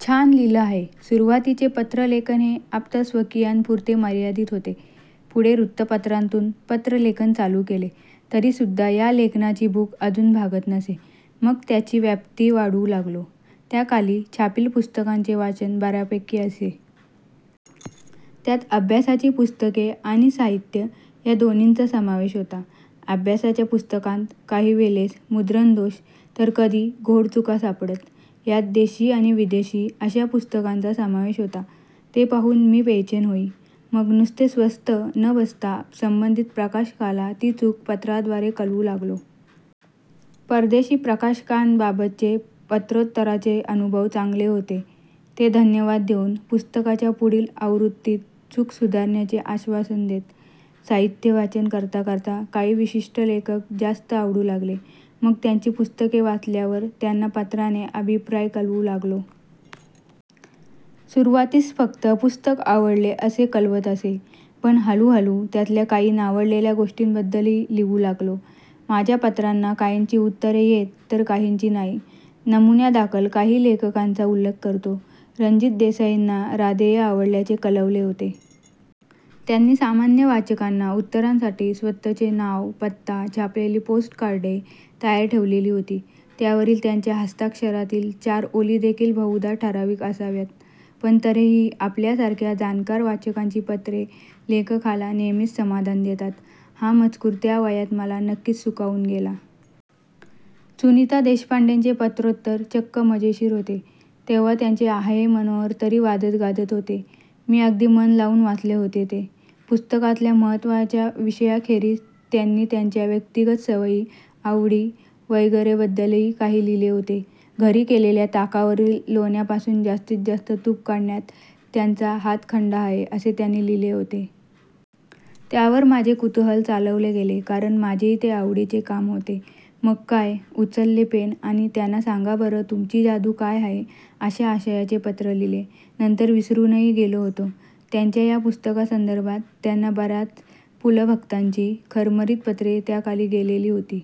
छान लिहिलं आहे. सुरुवातीचे पत्रलेखन हे आप्तस्वकीयांपुरते मर्यादित होते. पुढे वृत्तपत्रांतून पत्रलेखन चालू केले. तरीसुद्धा या लेखनाची भूक अजून भागत नसे! मग त्याची व्याप्ती वाढवू लागलो. त्या काळी छापील पुस्तकांचे वाचन बऱ्यापैकी असे. त्यात अभ्यासाची पुस्तके आणि साहित्य या दोन्हींचा समावेश होता. अभ्यासाच्या पुस्तकांत काही वेळेस मुद्रणदोष तर कधी घोडचुका सापडत. यात देशी आणि विदेशी अशा पुस्तकांचा समावेश होता. ते पाहून मी बेचैन होई. मग नुसते स्वस्थ न बसता संबंधित प्रकाशकाला ती चूक पत्राद्वारे कळवू लागलो. परदेशी प्रकाशकांबाबतचे पत्रोत्तराचे अनुभव चांगले होते. ते धन्यवाद देऊन पुस्तकाच्या पुढील आवृत्तीत चूक सुधारण्याचे आश्वासन देत. साहित्यवाचन करता करता काही विशिष्ट लेखक जास्त आवडू लागले. मग त्यांची पुस्तके वाचल्यावर त्यांना पत्राने अभिप्राय कळवू लागलो. सुरुवातीस फक्त पुस्तक खूप आवडले असे कळवत असे. पण हळूहळू त्यातल्या काही नावडलेल्या गोष्टींबद्दलही लिहू लागलो. माझ्या पत्रांना काहींची उत्तरे येत तर काहींची नाही. नमुन्यादाखल काही लेखकांचा उल्लेख करतो. रणजित देसाईंना राधेय आवडल्याचे कळवले होते. त्यांनी सामान्य वाचकांना उत्तरांसाठी स्वतःचे नाव-पत्ता छापलेली पोस्टकार्डे तयार ठेवलेली होती. त्यावरील त्यांच्या हस्ताक्षरातील चार ओळीदेखील बहुधा ठराविक असाव्यात. पण तरीही, आपल्यासारख्या जाणकार वाचकांची पत्रे लेखकाला नेहमीच समाधान देतात, हा मजकूर त्या वयात मला नक्कीच सुखावून गेला. सुनीता देशपांडेंचे पत्रोत्तर चक्क मजेशीर होते. तेव्हा त्यांचे आहे मनोहर तरी वाजतगाजत होते. मी अगदी मन लावून वाचले होते ते. पुस्तकातल्या महत्त्वाच्या विषयाखेरीज त्यांनी त्यांच्या व्यक्तिगत सवयी, आवडी वगैरेबद्दलही काही लिहिले होते. घरी केलेल्या ताकावरील लोण्यापासून जास्तीत जास्त तूप काढण्यात त्यांचा हातखंडा आहे, असे त्यांनी लिहिले होते. त्यावर माझे कुतूहल चाळवले गेले कारण माझेही ते आवडीचे काम होते. मग काय, उचलले पेन आणि त्यांना सांगा बरं, तुमची जादू काय आहे, अशा आशयाचे पत्र लिहिले. नंतर विसरूनही गेलो होतो. त्यांच्या या पुस्तकासंदर्भात त्यांना बऱ्याच पुलं-भक्तांची खरमरीत पत्रे त्या काळी गेलेली होती.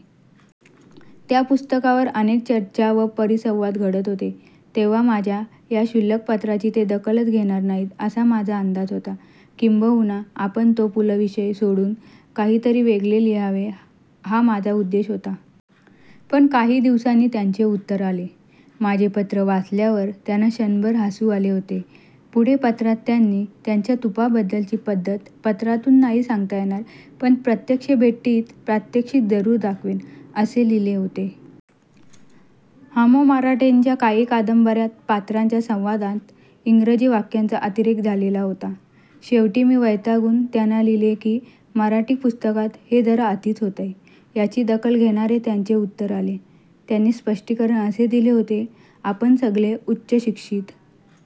त्या पुस्तकावर अनेक चर्चा व परिसंवाद घडत होते. तेव्हा माझ्या या क्षुल्लक पत्राची ते दखलच घेणार नाहीत असा माझा अंदाज होता. किंबहुना आपण तो पुलं विषय सोडून काहीतरी वेगळे लिहावे हा माझा उद्देश होता. पण काही दिवसांनी त्यांचे उत्तर आले. माझे पत्र वाचल्यावर त्यांना क्षणभर हसू आले होते. पुढे पत्रात त्यांनी, त्यांची तुपाबद्दलची पद्धत पत्रातून नाही सांगता येणार पण प्रत्यक्ष भेटीत प्रात्यक्षिक जरूर दाखवेन, असे लिहिले होते. हमो मराठेंच्या काही कादंबऱ्यांत पात्रांच्या संवादांत इंग्रजी वाक्यांचा अतिरेक झालेला होता. शेवटी मी वैतागून त्यांना लिहिले की मराठी पुस्तकात हे जरा अतिच होतंय. याची दखल घेणारे त्यांचे उत्तर आले. त्यांनी स्पष्टीकरण असे दिले होते. आपण सगळे उच्चशिक्षित